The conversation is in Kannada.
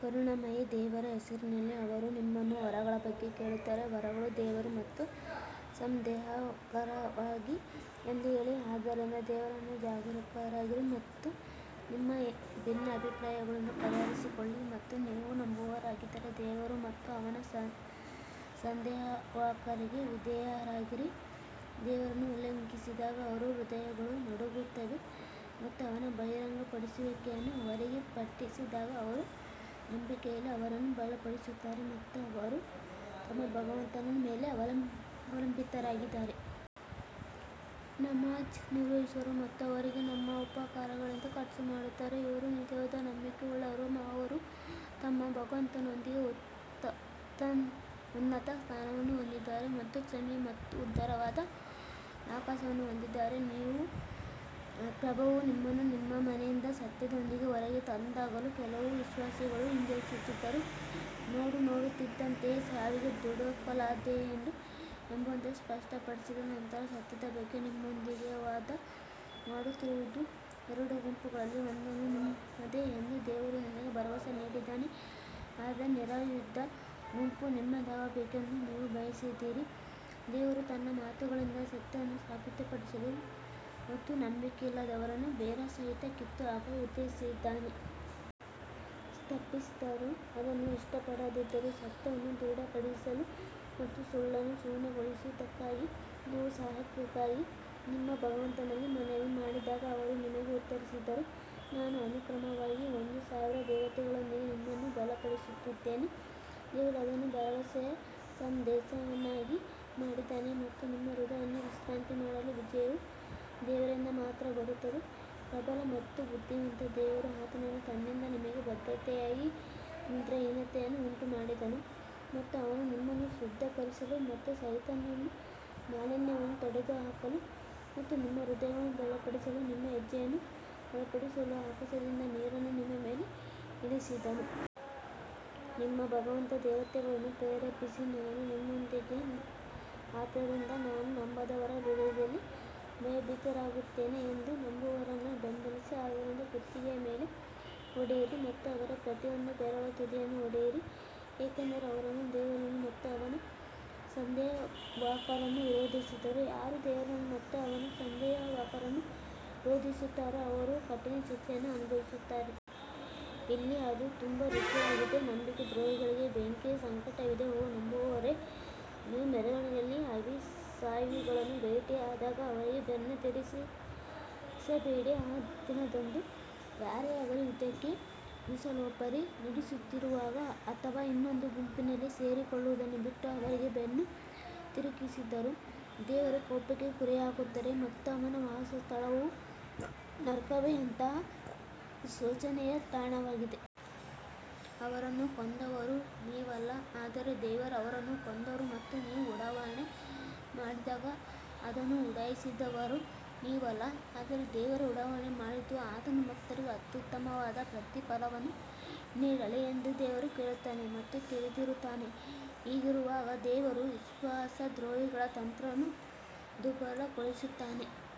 ಕರುಣಾಮಯಿ ದೇವರ ಹೆಸರಿನಲ್ಲಿ ಅವರು ನಿಮ್ಮನ್ನು ವರಗಳ ಬಗ್ಗೆ ಕೇಳುತ್ತಾರೆ, ವರಗಳು ದೇವರು ಮತ್ತು ಸಂದೇಶವಾಹಕರಿಗಾಗಿ ಎಂದು ಹೇಳಿ ಆದ್ದರಿಂದ ದೇವರನ್ನು ಜಾಗರೂಕರಾಗಿರಿ ಮತ್ತು ನಿಮ್ಮ ಭಿನ್ನಾಭಿಪ್ರಾಯಗಳನ್ನು ಪರಿಹರಿಸಿಕೊಳ್ಳಿ ಮತ್ತು ನೀವು ನಂಬುವವರಾಗಿದ್ದರೆ ದೇವರು ಮತ್ತು ಅವನ ಸಂದೇಶವಾಹಕರಿಗೆ ವಿಧೇಯರಾಗಿರಿ. ದೇವರನ್ನು ಉಲ್ಲೇಖಿಸಿದಾಗ ಅವರ ಹೃದಯಗಳು ನಡುಗುತ್ತವೆ ಮತ್ತು ಅವನ ಬಹಿರಂಗಪಡಿಸುವಿಕೆಯನ್ನು ಅವರಿಗೆ ಪಠಿಸಿದಾಗ ಅವರು ನಂಬಿಕೆಯಲ್ಲಿ ಅವರನ್ನು ಬಲಪಡಿಸುತ್ತಾರೆ ಮತ್ತು ಅವರು ತಮ್ಮ ಭಗವಂತನ ಮೇಲೆ ಅವಲಂಬಿತರಾಗಿದ್ದಾರೆ. ನಮಾಝ್ ನಿರ್ವಹಿಸುವವರು ಮತ್ತು ಅವರಿಗೆ ನಮ್ಮ ಉಪಹಾರಗಳಿಂದ ಖರ್ಚು ಮಾಡುತ್ತಾರೆ ಇವರು ನಿಜವಾದ ನಂಬಿಕೆಯುಳ್ಳವರು, ಅವರು ತಮ್ಮ ಭಗವಂತನೊಂದಿಗೆ ಉನ್ನತ ಸ್ಥಾನವನ್ನು ಹೊಂದಿದ್ದಾರೆ ಮತ್ತು ಕ್ಷಮೆ ಮತ್ತು ಉದಾರವಾದ ಅವಕಾಶವನ್ನು ಹೊಂದಿದ್ದಾರೆ ನಿಮ್ಮ ಪ್ರಭುವು ನಿಮ್ಮನ್ನು ನಿಮ್ಮ ಮನೆಯಿಂದ ಸತ್ಯದೊಂದಿಗೆ ಹೊರಗೆ ತಂದಾಗಲೂ ಕೆಲವು ವಿಶ್ವಾಸಿಗಳು ಹಿಂಜರಿಯುತ್ತಿದ್ದರು ನೋಡನೋಡುತ್ತಿದ್ದಂತೆಯೇ ಸಾವಿಗೆ ದೂಡಲಾಗುತ್ತಿದೆಯೇನೋ ಎಂಬಂತೆ ಸ್ಪಷ್ಟ ಪಡಿಸಿದ ನಂತರ ಸತ್ಯದ ಬಗ್ಗೆ ನಿಮ್ಮೊಂದಿಗೆ ವಾದ ಮಾಡುತ್ತಿರುವುದು ಎರಡು ಗುಂಪುಗಳಲ್ಲಿ ಒಂದನ್ನು ನಿಮ್ಮದೇ ಎಂದು ದೇವರು ನಿಮಗೆ ಭರವಸೆ ನೀಡಿದ್ದಾನೆ ಆದರೆ ನಿರಾಯುಧ ಗುಂಪು ನಿಮ್ಮದಾಗಬೇಕೆಂದು ನೀವು ಬಯಸಿದ್ದೀರಿ, ದೇವರು ತನ್ನ ಮಾತುಗಳಿಂದ ಸತ್ಯವನ್ನು ಸಾಬೀತುಪಡಿಸಲು ಮತ್ತು ನಂಬಿಕೆಯಿಲ್ಲದವರನ್ನು ಬೇರುಸಹಿತ ಕಿತ್ತುಹಾಕಲು ಉದ್ದೇಶಿಸಿದ್ದಾನೆ. ತಪ್ಪಿತಸ್ಥರು ಅದನ್ನು ಇಷ್ಟಪಡದಿದ್ದರೂ ಸತ್ಯವನ್ನು ದೃಢೀಕರಿಸಲು ಮತ್ತು ಸುಳ್ಳನ್ನು ಶೂನ್ಯಗೊಳಿಸುವುದಕ್ಕಾಗಿ ನೀವು ಸಹಾಯಕ್ಕಾಗಿ ನಿಮ್ಮ ಭಗವಂತನಲ್ಲಿ ಮನವಿ ಮಾಡಿದಾಗ ಅವರು ನಿಮಗೆ ಉತ್ತರಿಸಿದರು ನಾನು ಅನುಕ್ರಮವಾಗಿ ಒಂದು ಸಾವಿರ ದೇವತೆಗಳೊಂದಿಗೆ ನಿಮ್ಮನ್ನು ಬಲಪಡಿಸುತ್ತಿದ್ದೇನೆ ದೇವರು ಅದನ್ನು ಭರವಸೆಯ ಸಂದೇಶವನ್ನಾಗಿ ಮಾಡಿದ್ದಾನೆ ಮತ್ತು ನಿಮ್ಮ ಹೃದಯವನ್ನು ವಿಶ್ರಾಂತಿ ಮಾಡಲು ವಿಜಯವು ದೇವರಿಂದ ಮಾತ್ರ ಬರುತ್ತದೆ ಪ್ರಬಲ ಮತ್ತು ಬುದ್ಧಿವಂತ ದೇವರು ಆತನು ತನ್ನಿಂದ ನಿಮಗೆ ಭದ್ರತೆಯಾಗಿ ನಿದ್ರಾಹೀನತೆಯನ್ನು ಉಂಟುಮಾಡಿದನು ಮತ್ತು ಅವನು ನಿಮ್ಮನ್ನು ಶುದ್ಧೀಕರಿಸಲು ಮತ್ತು ಸೈತಾನನ ಮಾಲಿನ್ಯವನ್ನು ತೊಡೆದುಹಾಕಲು ಮತ್ತು ನಿಮ್ಮ ಹೃದಯಗಳನ್ನು ಬಲಪಡಿಸಲು ಮತ್ತು ನಿಮ್ಮ ಹೆಜ್ಜೆಯನ್ನು ಬಲಪಡಿಸಲು ಆಕಾಶದಿಂದ ನೀರನ್ನು ನಿಮ್ಮ ಮೇಲೆ ಇಳಿಸಿದನು. ನಿಮ್ಮ ಭಗವಂತ ದೇವತೆಗಳನ್ನು ಪ್ರೇರೇಪಿಸಿ, ನಾನು ನಿಮ್ಮೊಂದಿಗಿದ್ದೇನೆ ಆದ್ದರಿಂದ ನಾನು ನಂಬದವರ ಹೃದಯದಲ್ಲಿ ಭಯಭೀತರಾಗುತ್ತೇನೆ ಎಂದು ನಂಬುವವರನ್ನು ಬೆಂಬಲಿಸಿ ಆದ್ದರಿಂದ ಕುತ್ತಿಗೆಯ ಮೇಲೆ ಹೊಡೆಯಿರಿ ಮತ್ತು ಅವರ ಪ್ರತಿಯೊಂದು ಬೆರಳ ತುದಿಯನ್ನು ಹೊಡೆಯಿರಿ ಏಕೆಂದರೆ ಅವರು ದೇವರನ್ನು ಮತ್ತು ಅವನ ಸಂದೇಶವಾಹಕರನ್ನು ವಿರೋಧಿಸಿದರು, ಯಾರು ದೇವರನ್ನು ಮತ್ತು ಅವನ ಸಂದೇಶವಾಹಕರನ್ನು ವಿರೋಧಿಸುತ್ತಾರೋ ಅವರು ಕಠಿಣ ಶಿಕ್ಷೆಯನ್ನು ಅನುಭವಿಸುತ್ತಾರೆ. ಇಲ್ಲಿ ಅದು ತುಂಬಾ ರುಚಿಯಾಗಿದೆ ನಂಬಿಕೆ ದ್ರೋಹಿಗಳಿಗೆ ಬೆಂಕಿಯ ಸಂಕಟವಿದೆ ಓ ನಂಬುವವರೇ ನೀವು ಮೆರವಣಿಗೆಯಲ್ಲಿ ಅವಿಶ್ವಾಸಿಗಳನ್ನು ಭೇಟಿಯಾದಾಗ ಅವರಿಗೆ ಬೆನ್ನು ತಿರುಗಿಸಬೇಡಿ ಆ ದಿನದಂದು ಯಾರೇ ಆಗಲಿ ಯುದ್ಧಕ್ಕೆ ಕುಶಲೋಪರಿ ನಡೆಸುತ್ತಿರುವಾಗ ಅಥವಾ ಇನ್ನೊಂದು ಗುಂಪಿನಲ್ಲಿ ಸೇರಿಕೊಳ್ಳುವುದನ್ನು ಬಿಟ್ಟು ಅವರಿಗೆ ಬೆನ್ನು ತಿರುಗಿಸಿದವರು ದೇವರ ಕೋಪಕ್ಕೆ ಗುರಿಯಾಗುತ್ತಾರೆ ಮತ್ತು ಅವನ ವಾಸಸ್ಥಳವು ನರಕವೇ ಎಂತಹ ಶೋಚನೀಯ ತಾಣವಾಗಿದೆ. ಅವರನ್ನು ಕೊಂದವರು ನೀವಲ್ಲ ಆದರೆ ದೇವರೇ ಅವರನ್ನು ಕೊಂದರು ಮತ್ತು ನೀವು ಉಡಾವಣೆ ಮಾಡಿದಾಗ ಅದನ್ನು ಉಡಾಯಿಸಿದವರು ನೀವಲ್ಲ ಆದರೆ ದೇವರೇ ಉಡಾವಣೆ ಮಾಡಿದ್ದು ಆತನು ಭಕ್ತರಿಗೆ ಅತ್ಯುತ್ತಮವಾದ ಪ್ರತಿಫಲವನ್ನು ನೀಡಲಿ ಎಂದು ದೇವರು ಕೇಳುತ್ತಾನೆ ಮತ್ತು ತಿಳಿದಿರುತ್ತಾನೆ ಹೀಗಿರುವಾಗ ದೇವರು ವಿಶ್ವಾಸದ್ರೋಹಿಗಳ ತಂತ್ರವನ್ನು ದುರ್ಬಲಗೊಳಿಸುತ್ತಾನೆ.